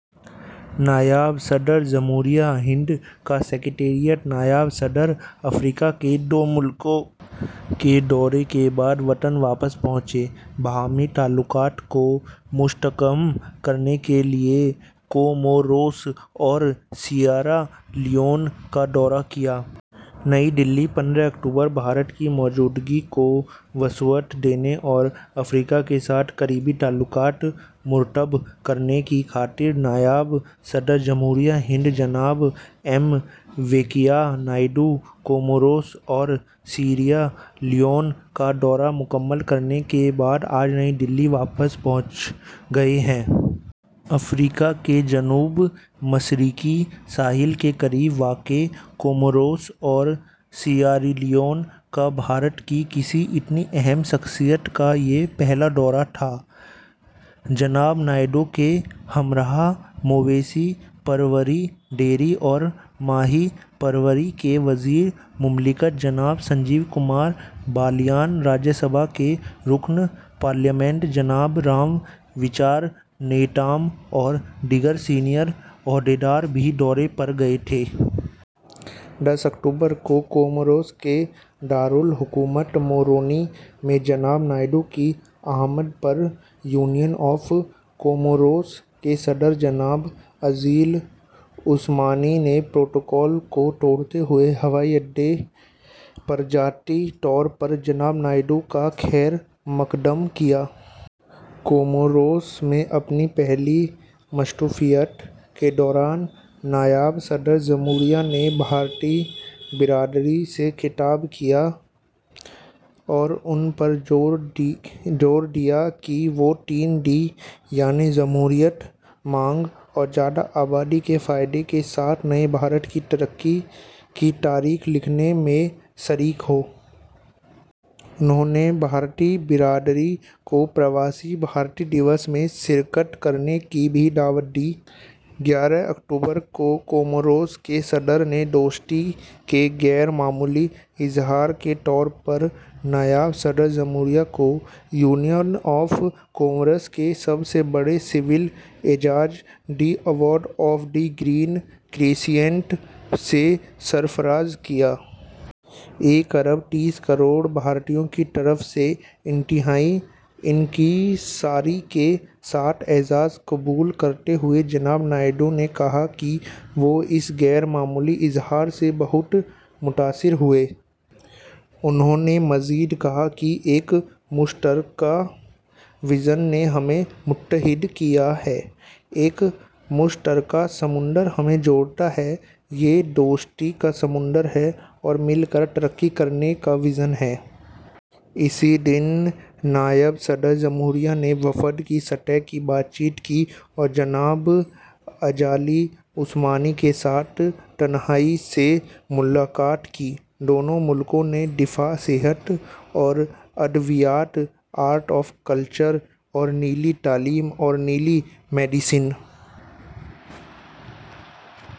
نائب صدر جمہوریہ ہند کا سکریٹریٹ نائب صدر افریقہ کے دو ملکوں کے دورے کے بعد وطن واپس پہنچے۔ باہمی تعلقات کو مستحکم کرنے کے لیے کوموروس اور سیئرا لیون کا دورہ کیا۔ نئی دہلی، پندرہ اکتوبر: بھارت کی موجودگی کو وسعت دینے اور افریقہ کے ساتھ قریبی تعلقات مرتب کرنے کی خاطر نائب صدر جمہوریہ ہند جناب ایم وینکیا نائیڈو کوموروس اور سیئرالیون کا دورہ مکمل کرنے کے بعد آج نئی دہلی واپس پہنچ گئے ہیں۔ افریقہ کے جنوب مشرقی ساحل کے قریب واقع کوموروس اور سیئرالیون کا بھارت کی کسی اتنی اہم شخصیت کا یہ پہلا دورہ تھا۔ جناب نائیڈو کے ہمراہ مویشی پروری، ڈیری اور ماہی پروری کے وزیر مملکت جناب سنجیو کمار بالیان، راجیہ سبھا کے رکن پارلیمنٹ جناب رام وچار نیتَم اور دیگر سینئر عہدیدار بھی دورے پر گئے تھے۔ دس اکتوبر کو کوموروس کے دارالحکومت مورونی میں جناب نائیڈو کی آمد پر یونین آف کوموروس کے صدر جناب ازالی عثومانی نے پروٹوکول کو توڑتے ہوئے ہوائی اڈے پر ذاتی طور پر جناب نائیڈو کا خیر مقدم کیا۔ کوموروس میں اپنی پہلی مصروفیت کے دوران نائب صدر جمہوریہ نے بھارتی برادری سے خطاب کیا اور ان پر زور دیا کہ وہ تین ڈی، یعنی جمہوریت، مانگ اور زیادہ آبادی کے فائدے کے ساتھ نئے بھارت کی ترقی کی تاریخ لکھنے میں شریک ہوں۔ انہوں نے بھارتی برادری کو پرواسی بھارتی دیوس میں شرکت کرنے کی بھی دعوت دی۔ گیارہ اکتوبر کو کوموروس کے صدر نے دوستی کے غیر معمولی اظہار کے طور پر نائب صدر جمہوریہ کو یونین آف کوموروس کے سب سے بڑے سول اعزاز، "the order of the green crescent", سے سرفراز کیا۔ ایک ارب تیس کروڑ بھارتیوں کی طرف سے انتہائی انکساری کے ساتھ اعزاز قبول کرتے ہوئے جناب نائیڈو نے کہا کہ وہ اس غیر معمولی اظہار سے بہت متاثر ہوئے ہیں۔ انہوں نے مزید کہا کہ ایک مشترکہ وژن نے ہمیں متحد کیا ہے، ایک مشترکہ سمندر ہمیں جوڑتا ہے — یہ دوستی کا سمندر ہے اور مل کر ترقی کرنے کا وژن ہے۔ اسی دن نائب صدر جمہوریہ نے وفد کی سطح کی بات چیت کی اور جناب ازالی عثومانی کے ساتھ تنہائی میں ملاقات کی۔ دونوں ملکوں نے دفاع، صحت اور ادویات، آرٹ اور کلچر اور ٹیلی تعلیم اور ٹیلی میڈیسن